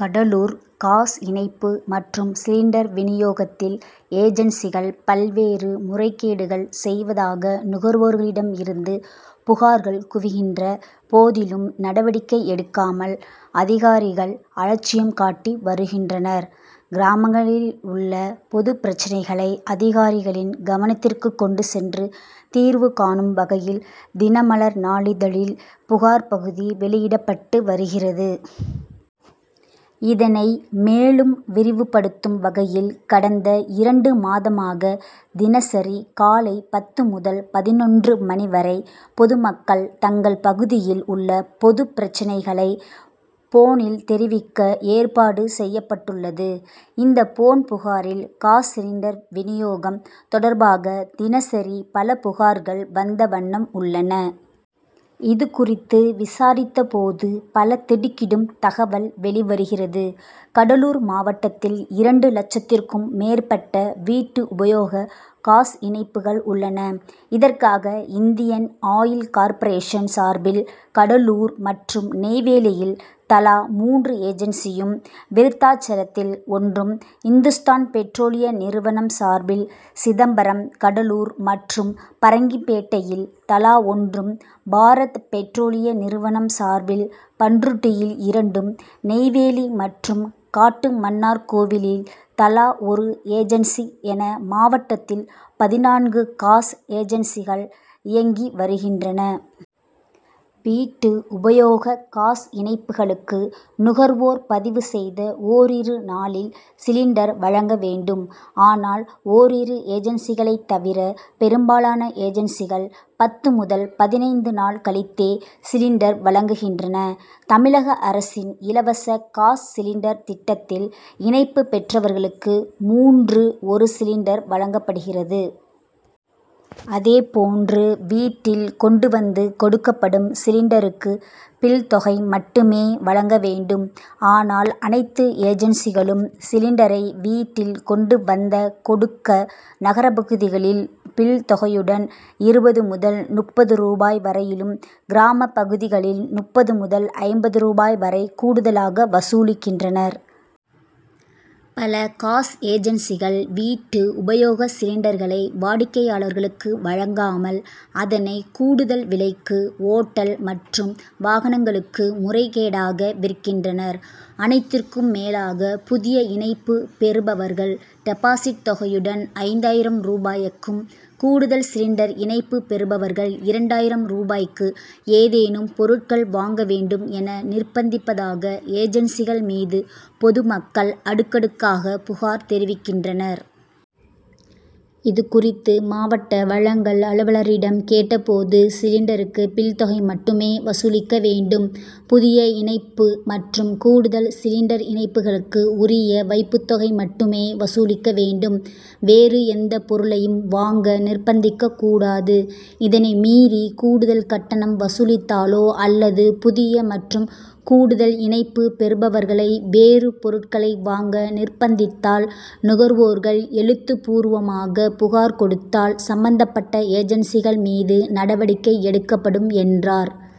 Cuddalore gas இணைப்பு மற்றும் cylinder வினியோகத்தில் ஏஜன்சிகள் பல்வேறு முறைகேடுகள் செய்வதாக நுகர்வோர்களிடம் இருந்து புகார்கள் குவிகின்ற போதிலும், நடவடிக்கை எடுக்காமல் அதிகாரிகள் அலட்சியம் காட்டி வருகின்றனர். கிராமங்களில் உள்ள பொதுப் பிரச்னைகளை அதிகாரிகளின் கவனத்திற்கு கொண்டு சென்று, தீர்வு காணும் வகையில் தினமலர் நாளிதழில் புகார் பகுதி வெளியிடப்பட்டு வருகிறது. இதனை மேலும் விரிவுப்படுத்தும் வகையில் கடந்த இரண்டு மாதமாக தினசரி காலை பத்து முதல் பதினொன்று மணி வரை பொதுமக்கள் தங்கள் பகுதியில் உள்ள பொதுப் பிரச்னைகளை போனில் தெரிவிக்க ஏற்பாடு செய் யப்பட்டுள்ளது. இந்த போன் புகாரில் காஸ் சிலிண்டர் வினியோகம் தொடர்பாக தினசரி பல புகார்கள் வந்த வண்ணம் உள்ளன. இதுகுறித்து விசாரித்தபோது பல திடுக்கிடும் தகவல் வெளி வருகிறது. கடலூர் மாவட்டத்தில் இரண்டு லட்சத்திற்கும் மேற்பட்ட வீட்டு உபயோக காஸ் இணைப்புகள் உள்ளன. இதற்காக இந்தியன் ஆயில் கார்பரேஷன் சார்பில் கடலூர் மற்றும் நெய்வேலியில் தலா மூன்று ஏஜன்சியும், விருத் தாசலத்தில் ஒன்றும், இந் துஸ்தான் பெட்ரோலிய நிறுவனம் சார்பில் சிதம்பரம், கடலூர் மற்றும் பரங்கிப்பேட்டையில் தலா ஒன்றும், பாரத் பெட்ரோலிய நிறுவனம் சார்பில் பண்ருட்டியில் இரண்டும், நெய்வேலி மற்றும் காட்டுமன்னார் கோவிலில் தலா ஒரு ஏஜன்சி என மாவட்டத்தில் பதினான்கு காஸ் ஏஜன்சிகள் இயங்கி வருகின்றன. வீட்டு உபயோக காஸ் இணைப்புகளுக்கு நுகர் வோர் பதிவு செய்த ஓரிரு நாளில் சிலிண்டர் வழங்க வேண்டும். ஆனால் ஓரிரு ஏஜன்சிகளைத் தவிர பெரும்பாலான ஏஜன்சிகள் பத்து முதல் பதினைந்து நாள் கழித்தே சிலிண்டர் வழங்குகின்றன. தமிழக அரசின் இலவச காஸ் சிலிண்டர் திட்டத்தில் இணைப்பு பெற்றவர்களுக்கு மூன்று ஒரு சிலிண்டர் வழங்கப்படுகிறது. அதேப்போன்று வீட்டில் கொண்டு வந்து கொடுக்கப்படும் சிலிண்டருக்கு பில்' தொகை மட்டுமே வழங்க வேண்டும். ஆனால் அனைத்து ஏஜன்சிகளும் சிலிண்டரை வீட்டில் கொண்டு வந்த கொடுக்க நகர பகுதிகளில் பில் தொகையுடன் இருபது முதல் முப்பது ரூபாய் வரையிலும், கிராமப் பகுதிகளில் முப்பது முதல் ஐம்பது ரூபாய் வரை கூடுதலாக வசூலிக்கின்றனர். பல காஸ் ஏஜன்சிகள் வீட்டு உபயோக சிலிண்டர்களை வாடிக்கையாளர்களுக்கு வழங்காமல், அதனை கூடுதல் விலைக்கு ஓட்டல் மற்றும் வாகனங்களுக்கு முறைகேடாக விற்கின்றனர். அனைத்திற்கும் மேலாக புதிய இணைப்பு பெறுபவர்கள் டெபாசிட் தொகையுடன், ஐந்தாயிரம் ரூபாயக்கும், கூடுதல் சிலிண்டர் இணைப்பு பெறுபவர்கள் இரண்டாயிரம் ரூபாய்க்கு ஏதேனும் பொருட்கள் வாங்க வேண்டும் என நிர்பந்திப்பதாக ஏஜன்சிகள் மீது பொதுமக்கள் அடுக்கடுக்காக புகார் தெரிவிக்கின்றனர். இதுகுறித்து மாவட்ட வழங்கல் அலுவலரிடம் கேட்டபோது, சிலிண்டருக்கு பில் தொகை மட்டுமே வசூலிக்க வேண்டும். புதிய இணைப்பு மற்றும் கூடுதல் சிலிணடர் இணைப்பு களுக்கு உரிய வைப்புத்தொகை மட்டுமே வசூலிக்க வேண்டும். வேறு எந்தபொருளையும் வாங்க நிர்பந்திக்கக்கூடாது. இதனை மீறி கூடுதல் கட்டணம் வசூலித்தாலோ அல்லது புதிய மற்றும் கூடுதல் இணைப்பு பெறுபவர்களை வேறு பொருட்களை வாங்க நிர்பந்தித்தால் நுகர்வோர்கள் எழுத்து பூர்வமாக புகார் கொடுத்தால் சம்மந்தப் பட்ட ஏஜன்சிகள் மீது நடவடிக்கை எடுக்கப்படும் என்றார்.